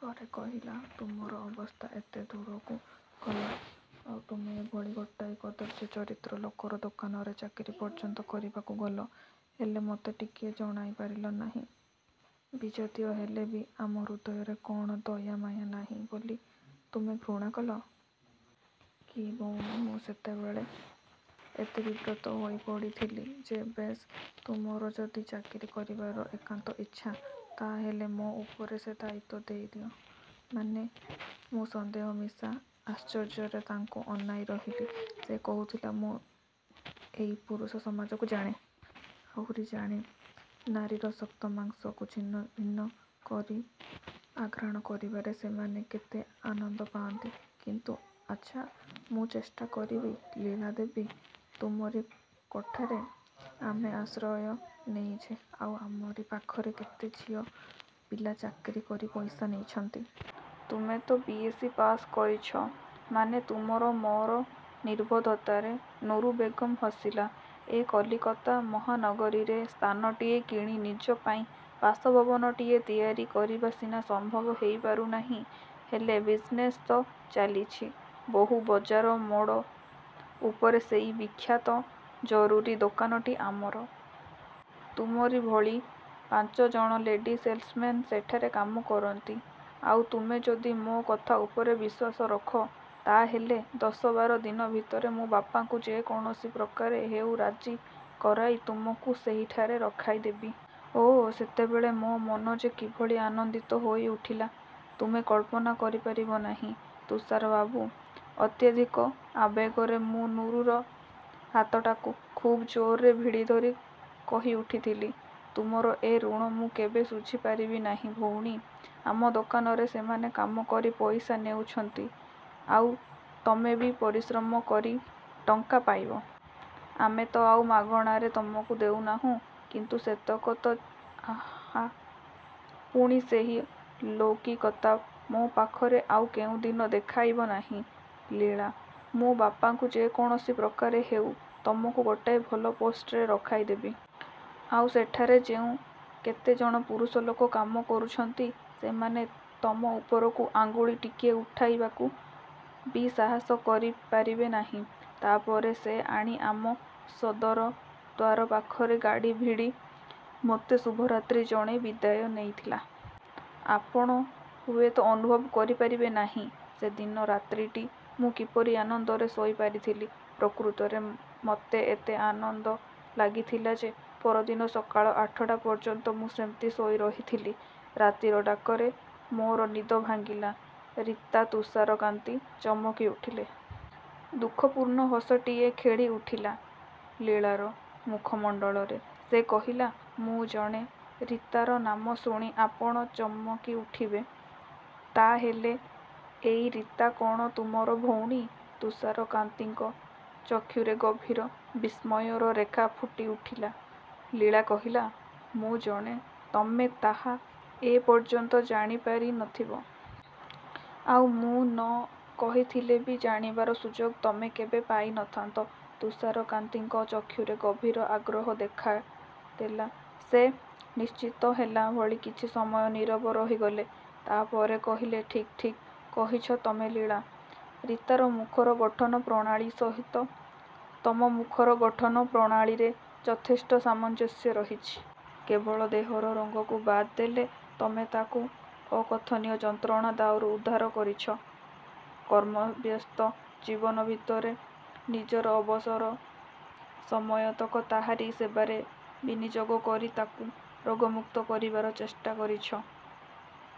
ପରେ କହିଲା, ତୁମର ଅବସ୍ଥା ଏତେ ଦୂରକୁ ଗଲା, ଆଉ ତୁମେ ଏଭଳି ଗୋଟାଏ କଦର୍ଯ୍ୟ ଚରିତ୍ର ଲୋକର ଦୋକାନରେ ଚାକିରି ପର୍ଯ୍ୟନ୍ତ କରିବାକୁ ଗଲ, ହେଲେ ମୋତେ ଟିକିଏ ଜଣାଇପାରିଲ ନାହିଁ? ବିଜାତୀୟ ହେଲେ ବି ଆମ ହୃଦୟରେ କଣ ଦୟା ମାୟା ନାହିଁ ବୋଲି ତୁମେ ଘୃଣା କଲ? କି, ଭଉଣୀ ମୁଁ ସେତେବେଳେ ଏତେ ବିବ୍ରତ ହୋଇପଡ଼ିଥିଲି ଯେ ବେଶ୍, ତୁମର ଯଦି ଚାକିରି କରିବାର ଏକାନ୍ତ ଇଚ୍ଛା, ତା ହେଲେ ମୋ ଉପରେ ସେ ଦାୟିତ୍ୱ ଦେଇଦିଅ। ମାନେ? ମୁଁ ସନ୍ଦେହ ମିଶା ଆଶ୍ଚର୍ଯ୍ୟରେ ତାଙ୍କୁ ଅନାଇ ରହିଲି। ସେ କହୁଥିଲା, ମୁଁ ଏଇ ପୁରୁଷ ସମାଜକୁ ଜାଣେ। ଆହୁରି ଜାଣେ, ନାରୀର ସକ୍ତ ମାଂସକୁ ଛିନ୍ନଭିନ୍ନ କରି ଆଘ୍ରାଣ କରିବାରେ ସେମାନେ କେତେ ଆନନ୍ଦ ପାଆନ୍ତି। କିନ୍ତୁ ଆଚ୍ଛା, ମୁଁ ଚେଷ୍ଟା କରିବି ଲୀଳା ଦେବୀ। ତୁମରି କୋଠାରେ ଆମେ ଆଶ୍ରୟ ନେଇଛେ, ଆଉ ଆମରି ପାଖରେ କେତେ ଝିଅ ପିଲା ଚାକିରି କରି ପଇସା ନେଇଛନ୍ତି। ତୁମେ ତ ବି.ଏସ୍‌ସି. ପାସ୍ କରିଛ ମାନେ ତୁମର ମୋର ନିର୍ବୋଧତାରେ ନୁରୁ ବେଗମ୍ ହସିଲା। ଏ କଲିକତା ମହାନଗରୀରେ ସ୍ଥାନଟିଏ କିଣି ନିଜ ପାଇଁ ବାସଭବନଟିଏ ତିଆରି କରିବା ସିନା ସମ୍ଭବ ହୋଇପାରୁନାହିଁ, ହେଲେ ବିଜିନେସ୍ ତ ଚାଲିଛି। ବହୁବଜାର ମୋଡ଼ ଉପରେ ସେହି ବିଖ୍ୟାତ ଜହୁରୀ ଦୋକାନଟି ଆମର! ତୁମରି ଭଳି ପାଞ୍ଚ ଜଣ ଲେଡି ସେଲ୍ସମ୍ୟାନ୍ ସେଠାରେ କାମ କରନ୍ତି। ଆଉ ତୁମେ ଯଦି ମୋ କଥା ଉପରେ ବିଶ୍ୱାସ ରଖ, ତା ହେଲେ ଦଶ ବାର ଦିନ ଭିତରେ ମୁଁ ବାପାଙ୍କୁ ଯେ କୌଣସି ପ୍ରକାରେ ହେଉ ରାଜି କରାଇ ତୁମକୁ ସେହିଠାରେ ରଖାଇ ଦେବି। ଓଃ, ସେତେବେଳେ ମୋ ମନ ଯେ କିଭଳି ଆନନ୍ଦିତ ହୋଇଉଠିଲା, ତୁମେ କଳ୍ପନା କରିପାରିବ ନାହିଁ, ତୁଷାର ବାବୁ। ଅତ୍ୟଧିକ ଆବେଗରେ ମୁଁ ନୁରୁର ହାତଟାକୁ ଖୁବ୍ ଜୋରରେ ଭିଡ଼ିଧରି କହିଉଠିଥିଲି, ତୁମର ଏ ଋଣ ମୁଁ କେବେ ଶୁଝିପାରିବି ନାହିଁ, ଭଉଣୀ। ଆମ ଦୋକାନରେ ସେମାନେ କାମ କରି ପଇସା ନେଉଛନ୍ତି ଆଉ ତମେ ବି ପରିଶ୍ରମ କରି ଟଙ୍କା ପାଇବ। ଆମେ ତ ଆଉ ମାଗଣାରେ ତମକୁ ଦେଉନାହୁଁ? କିନ୍ତୁ ସେତକ ତ ଆହା, ପୁଣି ସେହି ଲୌକିକତା ମୋ ପାଖରେ ଆଉ କେଉଁ ଦିନ ଦେଖାଇବ ନାହିଁ, ଲୀଳା। ମୁଁ ବାପାଙ୍କୁ ଯେ କୌଣସି ପ୍ରକାରେ ହେଉ, ତମକୁ ଗୋଟାଏ ଭଲ ପୋଷ୍ଟରେ ରଖାଇ ଦେବି। ଆଉ ସେଠାରେ ଯେଉଁ କେତେ ଜଣ ପୁରୁଷ ଲୋକ କାମ କରୁଛନ୍ତି, ସେମାନେ ତମ ଉପରକୁ ଆଙ୍ଗୁଳି ଟିକିଏ ଉଠାଇବାକୁ ବି ସାହସ କରିପାରିବେ ନାହିଁ। ତା ପରେ ସେ ଆଣି ଆମ ସଦର ଦ୍ୱାର ପାଖରେ ଗାଡ଼ି ଭିଡ଼ି ମୋତେ ଶୁଭରାତ୍ରି ଜଣେଇ ବିଦାୟ ନେଇଥିଲା। ଆପଣ ହୁଏତ ଅନୁଭବ କରିପାରିବେ ନାହିଁ, ସେଦିନ ରାତ୍ରିଟି ମୁଁ କିପରି ଆନନ୍ଦରେ ଶୋଇପାରିଥିଲି। ପ୍ରକୃତରେ ମୋତେ ଏତେ ଆନନ୍ଦ ଲାଗିଥିଲା ଯେ, ପରଦିନ ସକାଳ ଆଠଟା ପର୍ଯ୍ୟନ୍ତ ମୁଁ ସେମିତି ଶୋଇ ରହିଥିଲି। ରାତିର ଡାକରେ ମୋର ନିଦ ଭାଙ୍ଗିଲା। ରୀତା! ତୁଷାରକାନ୍ତି ଚମକିଉଠିଲେ। ଦୁଃଖପୂର୍ଣ୍ଣ ହସଟିଏ ଖେଳିଉଠିଲା ଲୀଳାର ମୁଖମଣ୍ଡଳରେ। ସେ କହିଲା, ମୁଁ ଜଣେ ରୀତାର ନାମ ଶୁଣି ଆପଣ ଚମକିଉଠିବେ। ତା ହେଲେ ଏଇ ରୀତା କଣ ତୁମର ଭଉଣୀ? ତୁଷାରକାନ୍ତିଙ୍କ ଚକ୍ଷୁରେ ଗଭୀର ବିସ୍ମୟର ରେଖା ଫୁଟିଉଠିଲା। ଲୀଳା କହିଲା, ମୁଁ ଜଣେ, ତମେ ତାହା ଏ ପର୍ଯ୍ୟନ୍ତ ଜାଣିପାରି ନଥିବ। ଆଉ ମୁଁ ନ କହିଥିଲେ ବି ଜାଣିବାର ସୁଯୋଗ ତମେ କେବେ ପାଇନଥାନ୍ତ। ତୁଷାରକାନ୍ତିଙ୍କ ଚକ୍ଷୁରେ ଗଭୀର ଆଗ୍ରହ ଦେଖାଦେଲା। ସେ ଚିନ୍ତିତ ହେଲା ଭଳି କିଛି ସମୟ ନୀରବ ରହିଗଲେ। ତା ପରେ କହିଲେ, ଠିକ୍ ଠିକ୍ କହିଛ ତମେ ଲୀଳା। ରୀତାର ମୁଖର ଗଠନ ପ୍ରଣାଳୀ ସହିତ ତମ ମୁଖର ଗଠନ ପ୍ରଣାଳୀରେ ଯଥେଷ୍ଟ ସାମଞ୍ଜସ୍ୟ ରହିଛି। କେବଳ ଦେହର ରଙ୍ଗକୁ ବାଦ୍ ଦେଲେ ତମେ ତାକୁ ଅକଥନୀୟ ଯନ୍ତ୍ରଣା ଦାଉରୁ ଉଦ୍ଧାର କରିଛ। କର୍ମବ୍ୟସ୍ତ ଜୀବନ ଭିତରେ ନିଜର ଅବସର ସମୟତକ ତାହାରି ସେବାରେ ବିନିଯୋଗ କରି ତାକୁ ରୋଗମୁକ୍ତ କରିବାର ଚେଷ୍ଟା କରିଛ।